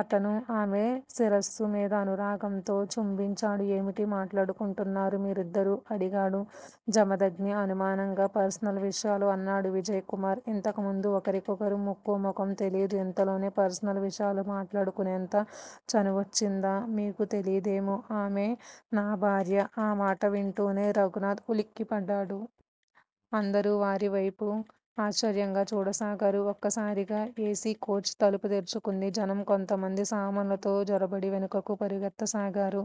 అతను ఆమె శిరస్సు మీద అనురాగంతో చుంబించాడు. ఏమిటి మాట్లాడుకుంటున్నారు మీరిద్దరూ? అడిగాడు జమదగ్ని అనుమానంగా. పర్సనల్ విషయాలు అన్నాడు విజయ్ కుమార్. ఇంతకుముందు ఒకరికొకరు ముక్కు మొఖం తెలీదు. ఇంతలోనే పర్సనల్ విషయాలు మాట్లాడుకునేంత చనువొచ్చిందా? మీకు తెలీదేమో! ఆమె నా భార్య. ఆ మాట వింటూనే రఘునాథ్ ఉలిక్కిపడ్డాడు. అందరూ వారివేపు ఆశ్చర్యంగా చూడసాగారు. ఒక్కసారిగా ఎ. సి. కోచ్ తలుపు తెరుచుకుంది. జనం కొంతమంది సామానులతో జొరబడి వెనుకకు పరుగెత్తసాగారు.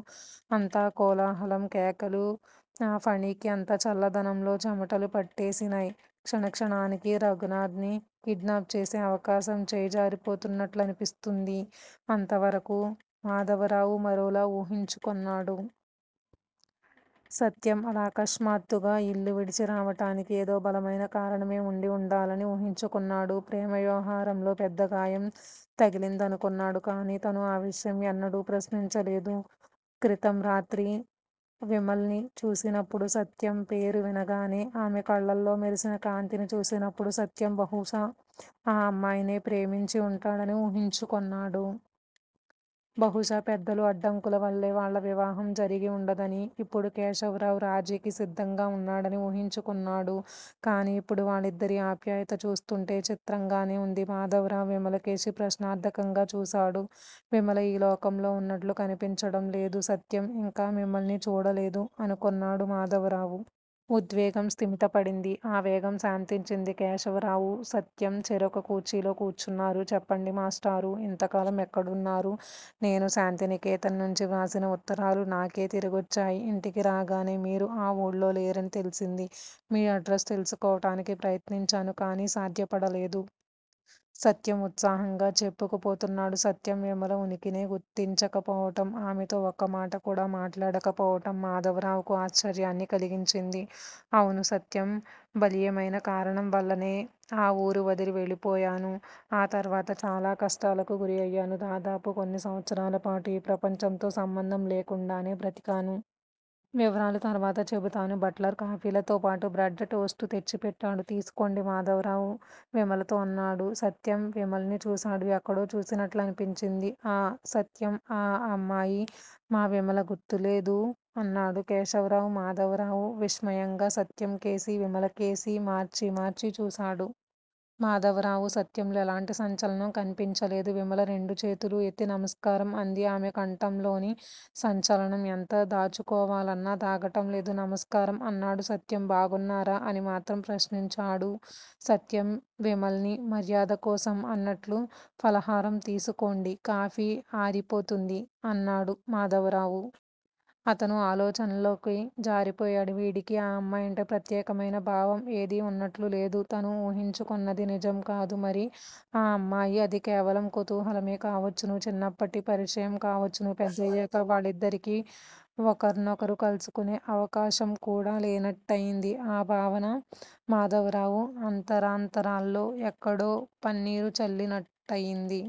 అంతా కోలాహలం, కేకలు! ఫణికి అంత చల్లదనంలోనూ చెమటలు పట్టేసినయ్. క్షణక్షణానికీ రఘునాథ్ ని కిడ్నాప్ చేసే అవకాశం చేయిజారిపోతున్నట్లనిపిస్తూంది. అంతవరకూ మాధవరావు మరోలా ఊహించుకొన్నాడు. సత్యం అలా అకస్మాత్తుగా ఇల్లువిడిచి రావటానికి ఏదో బలీయమైన కారణమే ఉండి ఉండాలని ఊహించుకున్నాడు. ప్రేమ వ్యవహారంలో పెద్ద గాయం తగిలిందనుకొన్నాడు. కాని తను ఆ విషయం ఎన్నడూ ప్రశ్నించలేదు. క్రితంరాత్రి విమల్ని చూసినప్పుడు, సత్యం పేరు వినగానే ఆమె కళ్ళలో మెరిసిన కాంతిని చూసినప్పుడు సత్యం బహుశా ఆ అమ్మాయినే ప్రేమించి ఉంటాడని ఊహించుకొన్నాడు. బహుశా పెద్దల అడ్డంకులవల్లే వాళ్ళ వివాహం జరిగివుండదనీ, ఇప్పుడు కేశవరావు రాజీకి సిద్దంగా ఉన్నాడనీ ఊహించుకున్నాడు. కాని ఇప్పుడు వాళ్ళిద్దరి ఆప్యాయతా చూస్తుంటే చిత్రంగానే ఉంది. మాధవరావు విమలకేసి ప్రశ్నార్ధకంగా చూశాడు. విమల ఈ లోకంలో ఉన్నట్లు కనిపించడంలేదు. సత్యం ఇంకా విమల్ని చూడలేదు అనుకొన్నాడు మాధవరావు. ఉద్వేగం స్థిమితపడింది. ఆ వేగం శాంతించింది. కేశవరావూ సత్యం చెరొక కుర్చీలో కూర్చున్నారు. చెప్పండి మాష్టారూ! ఇంతకాలం ఎక్కడున్నారు? నేను శాంతినికేతన్ నుంచి వ్రాసిన ఉత్తరాలు నాకే తిరిగొచ్చాయి. ఇంటికి రాగానే మీరు ఆ ఊళ్లోలేరని తెలిసింది. మీ అడ్రసు తెలుసుకోవటానికి ప్రయత్నించాను. కాని సాధ్యపడలేదు. సత్యం ఉత్సాహంగా చెప్పుకుపోతున్నాడు. సత్యం విమల ఉనికినే గుర్తించకపోవటం, ఆమెతో ఒక్కమాట కూడా మాట్లాడకపోవటం మాధవరావుకు ఆశ్చర్యాన్ని కలిగించింది. అవును సత్యం! బలీయమైన కారణం వల్లనే ఆ ఊరు వదిలి వెళ్ళిపోయాను. ఆ తర్వాత చాలా కష్టాలకు గురి అయ్యాను. దాదాపు కొన్ని సంవత్సరాలపాటు ఈ ప్రపంచంతో సంబంధం లేకుండానే బ్రతికాను. వివరాలు తర్వాత చెబుతాను. బట్లర్ కాఫీలతోపాటు బ్రడ్ టోస్ట్ తెచ్చిపెట్టాడు. తీసుకోండి. మాధవరావు విమలతో అన్నాడు. సత్యం విమల్ని చూశాడు. ఎక్కడో చూసినట్లనిపించింది. ఆఁ సత్యం! ఆ అమ్మాయి మా విమల. గుర్తులేదూ? అన్నాడు కేశవరావు. మాధవరావు విస్మయంగా సత్యంకేసీ, విమలకేసీ మార్చి మార్చి చూశాడు. మాధవరావు సత్యంలో ఎలాంటి సంచలనం కన్పించలేదు. విమల రెండు చేతులూ ఎత్తి నమస్కారం అంది. ఆమె కంఠంలోని సంచలనం ఎంత దాచుకోవాలన్నా దాగటం లేదు. నమస్కారం! అన్నాడు సత్యం. బాగున్నారా? అని మాత్రం ప్రశ్నించాడు సత్యం విమల్ని మర్యాదకోసం అన్నట్లు. ఫలహారం తీసుకోండి, కాఫీ ఆరిపోతుంది అన్నాడు మాధవరావు. అతను ఆలోచనల్లోకి జారిపోయాడు. వీడికి ఆ అమ్మాయంటే ప్రత్యేకమైన భావం ఏదీ ఉన్నట్టు లేదు. తను ఊహించుకొన్నది నిజం కాదు. మరి ఆ అమ్మాయి? అది కేవలం కుతూహలమే కావచ్చును. చిన్నప్పటి పరిచయం కావచ్చును. పెద్దయాక వాళ్ళిద్దరికీ ఒకర్నొకరు కలుసుకొనే అవకాశంకూడా లేనట్టుయిన్ది. ఆ భావన మాధవరావు అంతరాంతరాల్లో ఎక్కడో పన్నీరు చల్లినట్టయింది.